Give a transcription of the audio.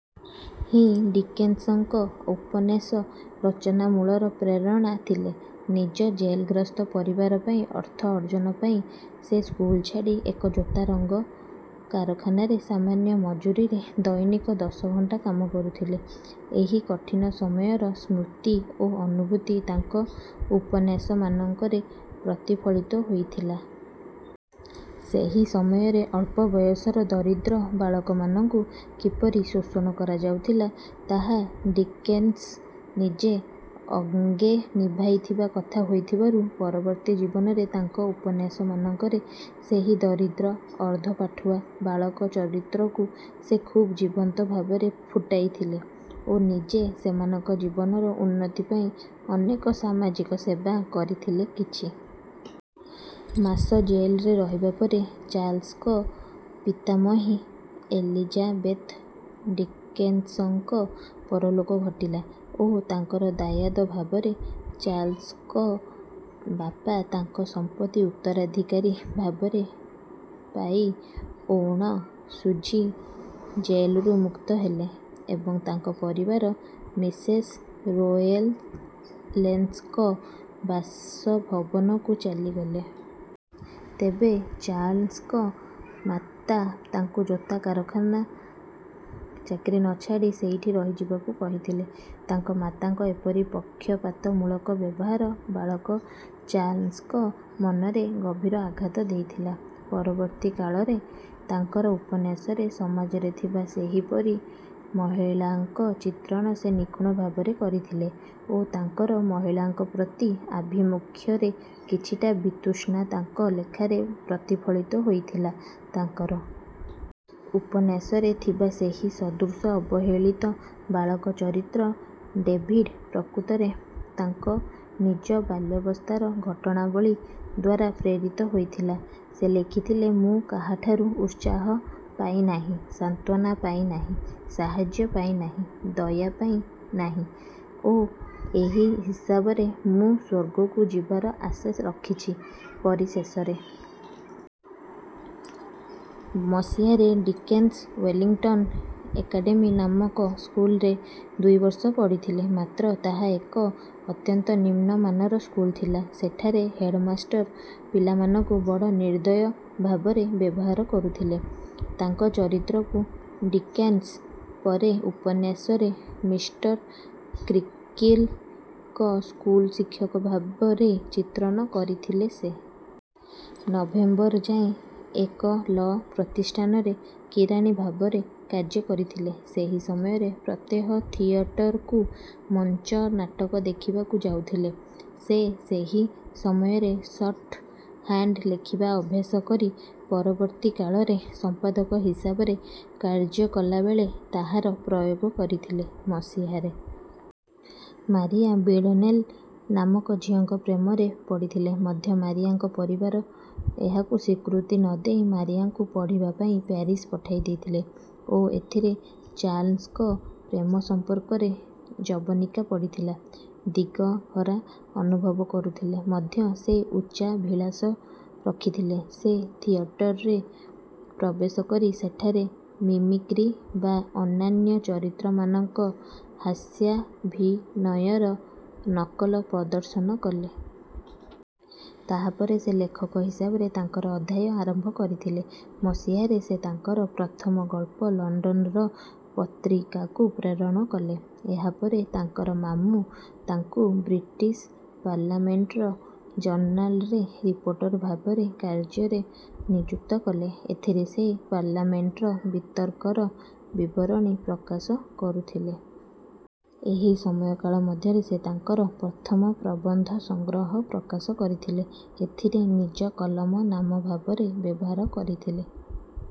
ହିଁ ଡିକେନ୍ସଙ୍କ ଉପନ୍ୟାସ ରଚନା ମୂଳର ପ୍ରେରଣା ଥିଲେ। ନିଜ ଜେଲଗ୍ରସ୍ତ ପରିବାର ପାଇଁ ଅର୍ଥ ଅର୍ଜନ ପାଇଁ ସେ ସ୍କୁଲ ଛାଡ଼ି ଏକ ଜୋତା ରଙ୍ଗ କାରଖାନାରେ ସାମାନ୍ୟ ମଜୁରିରେ ଦୈନିକ ଦଶ ଘଣ୍ଟା କାମ କରୁଥିଲେ। ଏହି କଠିନ ସମୟର ସ୍ମୃତି ଓ ଅନୁଭୂତି ତାଙ୍କ ଉପନ୍ୟାସମାନଙ୍କରେ ପ୍ରତିଫଳିତ ହୋଇଥିଲା। ସେହି ସମୟରେ ଅଳ୍ପ ବୟସର ଦରିଦ୍ର ବାଳକମାନଙ୍କୁ କିପରି ଶୋଷଣ କରାଯାଉଥିଲା, ତାହା ଡିକେନ୍ସ ନିଜେ ଅଙ୍ଗେ ନିଭାଇଥିବା କଥା ହୋଇଥିବାରୁ, ପରବର୍ତ୍ତୀ ଜୀବନରେ ତାଙ୍କ ଉପନ୍ୟାସମାନଙ୍କରେ ସେହି ଦରିଦ୍ର, ଅର୍ଦ୍ଧ-ପାଠୁଆ ବାଳକ ଚରିତ୍ରକୁ ସେ ଖୁବ୍ ଜୀବନ୍ତ ଭାବରେ ଫୁଟାଇଥିଲେ ଓ ନିଜେ ସେମାନଙ୍କ ଜୀବନର ଉନ୍ନତି ପାଇଁ ଅନେକ ସାମାଜିକ ସେବା କରିଥିଲେ। କିଛି ମାସ ଜେଲରେ ରହିବା ପରେ ଚାର୍ଲ୍ସଙ୍କ ପିତାମହୀ ଏଲିଜାବେଥ ଡିକେନ୍ସଙ୍କ ପରଲୋକ ଘଟିଲା ଓ ତାଙ୍କର ଦାୟାଦ ଭାବରେ ଚାର୍ଲ୍ସଙ୍କ ବାପା ତାଙ୍କ ସମ୍ପତ୍ତି ଉତ୍ତରାଧିକାରୀ ଭାବରେ ପାଇ ଔଣ ଶୁଝି ଜେଲରୁ ମୁକ୍ତ ହେଲେ ଏବଂ ତାଙ୍କ ପରିବାର ମିସେସ ରୋଏଲେନ୍ସଙ୍କ ବାସଭବନକୁ ଚାଲିଗଲେ। ତେବେ ଚାର୍ଲ୍ସଙ୍କ ମାତା ତାଙ୍କୁ ଜୋତା କାରଖାନା ଚାକିରି ନ ଛାଡ଼ି ସେଇଠି ରହିଯିବାକୁ କହିଥିଲେ। ତାଙ୍କ ମାତାଙ୍କ ଏପରି ପକ୍ଷପାତମୂଳକ ବ୍ୟବହାର ବାଳକ ଚାର୍ଲ୍ସଙ୍କ ମନରେ ଗଭୀର ଆଘାତ ଦେଇଥିଲା। ପରବର୍ତ୍ତୀ କାଳରେ ତାଙ୍କର ଉପନ୍ୟାସରେ ସମାଜରେ ଥିବା ସେହିପରି ମହିଳାଙ୍କ ଚିତ୍ରଣ ସେ ନିଖୁଣ ଭାବରେ କରିଥିଲେ ଓ ତାଙ୍କର ମହିଳାଙ୍କ ପ୍ରତି ଆଭିମୁଖ୍ୟରେ କିଛିଟା ବିତୃଷ୍ଣା ତାଙ୍କ ଲେଖାରେ ପ୍ରତିଫଳିତ ହୋଇଥିଲା। ତାଙ୍କର ଉପନ୍ୟାସରେ ଥିବା ସେହି ସଦୃଶ ଅବହେଳିତ ବାଳକ ଚରିତ୍ର ଡେଭିଡ୍ ପ୍ରକୃତରେ ତାଙ୍କ ନିଜ ବାଲ୍ୟାବସ୍ଥାର ଘଟଣାବଳୀ ଦ୍ୱାରା ପ୍ରେରିତ ହୋଇଥିଲା। ସେ ଲେଖିଥିଲେ, ମୁଁ କାହାଠାରୁ ଉତ୍ସାହ ପାଇ ନାହିଁ, ସାନ୍ତ୍ୱନା ପାଇ ନାହିଁ, ସାହାଯ୍ୟ ପାଇ ନାହିଁ, ଦୟା ପାଇ ନାହିଁ, ଓ ଏହି ହିସାବରେ ମୁଁ ସ୍ୱର୍ଗକୁ ଯିବାର ଆଶା ରଖିଛି। ପରିଶେଷରେ ମସିହାରେ ଡିକେନ୍ସ ୱେଲିଂଟନ୍ ଏକାଡେମୀ ନାମକ ସ୍କୁଲରେ ଦୁଇ ବର୍ଷ ପଢ଼ିଥିଲେ। ମାତ୍ର ତାହା ଏକ ଅତ୍ୟନ୍ତ ନିମ୍ନ ମାନର ସ୍କୁଲ ଥିଲା। ସେଠାରେ ହେଡମାଷ୍ଟର ପିଲାମାନଙ୍କୁ ବଡ଼ ନିର୍ଦ୍ଦୟ ଭାବରେ ବ୍ୟବହାର କରୁଥିଲେ। ତାଙ୍କ ଚରିତ୍ରକୁ ଡିକେନ୍ସ ପରେ ଉପନ୍ୟାସରେ ମିଷ୍ଟର କ୍ରୀକିଲଙ୍କ ସ୍କୁଲ ଶିକ୍ଷକ ଭାବରେ ଚିତ୍ରଣ କରିଥିଲେ। ସେ ନଭେମ୍ବର ଯାଏ ଏକ ଲ ପ୍ରତିଷ୍ଠାନରେ କିରାଣୀ ଭାବରେ କାର୍ଯ୍ୟ କରିଥିଲେ। ସେହି ସମୟରେ ପ୍ରତ୍ୟହ ଥିଏଟରକୁ ମଞ୍ଚନାଟକ ଦେଖିବାକୁ ଯାଉଥିଲେ। ସେ ସେହି ସମୟରେ ଶର୍ଟ ହାଣ୍ଡ ଲେଖିବା ଅଭ୍ୟାସ କରି ପରବର୍ତ୍ତୀ କାଳରେ ସମ୍ପାଦକ ହିସାବରେ କାର୍ଯ୍ୟ କଲା ବେଳେ ତାହାର ପ୍ରୟୋଗ କରିଥିଲେ। ମସିହାରେ ମାରିଆ ବିଡନେଲ ନାମକ ଝିଅଙ୍କ ପ୍ରେମରେ ପଡ଼ିଥିଲେ ମଧ୍ୟ ମାରିଆଙ୍କ ପରିବାର ଏହାକୁ ସ୍ୱୀକୃତି ନ ଦେଇ ମାରିଆଙ୍କୁ ପଢ଼ିବା ପାଇଁ ପ୍ୟାରିସ୍ ପଠାଇ ଦେଇଥିଲେ ଓ ଏଥିରେ ଚାର୍ଲ୍ସଙ୍କ ପ୍ରେମ ସମ୍ପର୍କରେ ଜବନିକା ପଡ଼ିଥିଲା। ଦିଗହରା ଅନୁଭବ କରୁଥିଲେ ମଧ୍ୟ ସେ ଉଚ୍ଚାଭିଳାଷ ରଖିଥିଲେ। ସେ ଥିଏଟରରେ ପ୍ରବେଶ କରି ସେଠାରେ ମିମିକ୍ରି ବା ଅନ୍ୟାନ୍ୟ ଚରିତ୍ରମାନଙ୍କ ହାସ୍ୟାଭିନୟର ନକଲ ପ୍ରଦର୍ଶନ କଲେ। ତାହା ପରେ ସେ ଲେଖକ ହିସାବରେ ତାଙ୍କର ଅଧ୍ୟାୟ ଆରମ୍ଭ କରିଥିଲେ। ମସିହାରେ ସେ ତାଙ୍କର ପ୍ରଥମ ଗଳ୍ପ ଲଣ୍ଡନର ପତ୍ରିକାକୁ ପ୍ରେରଣ କଲେ। ଏହା ପରେ ତାଙ୍କର ମାମୁ ତାଙ୍କୁ ବ୍ରିଟିଶ ପାର୍ଲାମେଣ୍ଟର ଜର୍ନାଲରେ ରିପୋର୍ଟର ଭାବରେ କାର୍ଯ୍ୟରେ ନିଯୁକ୍ତ କଲେ। ଏଥିରେ ସେ ପାର୍ଲାମେଣ୍ଟର ବିତର୍କର ବିବରଣୀ ପ୍ରକାଶ କରୁଥିଲେ। ଏହି ସମୟକାଳ ମଧ୍ୟରେ ସେ ତାଙ୍କର ପ୍ରଥମ ପ୍ରବନ୍ଧ ସଂଗ୍ରହ ପ୍ରକାଶ କରିଥିଲେ। ଏଥିରେ ନିଜ କଲମ ନାମ ଭାବରେ ବ୍ୟବହାର କରିଥିଲେ।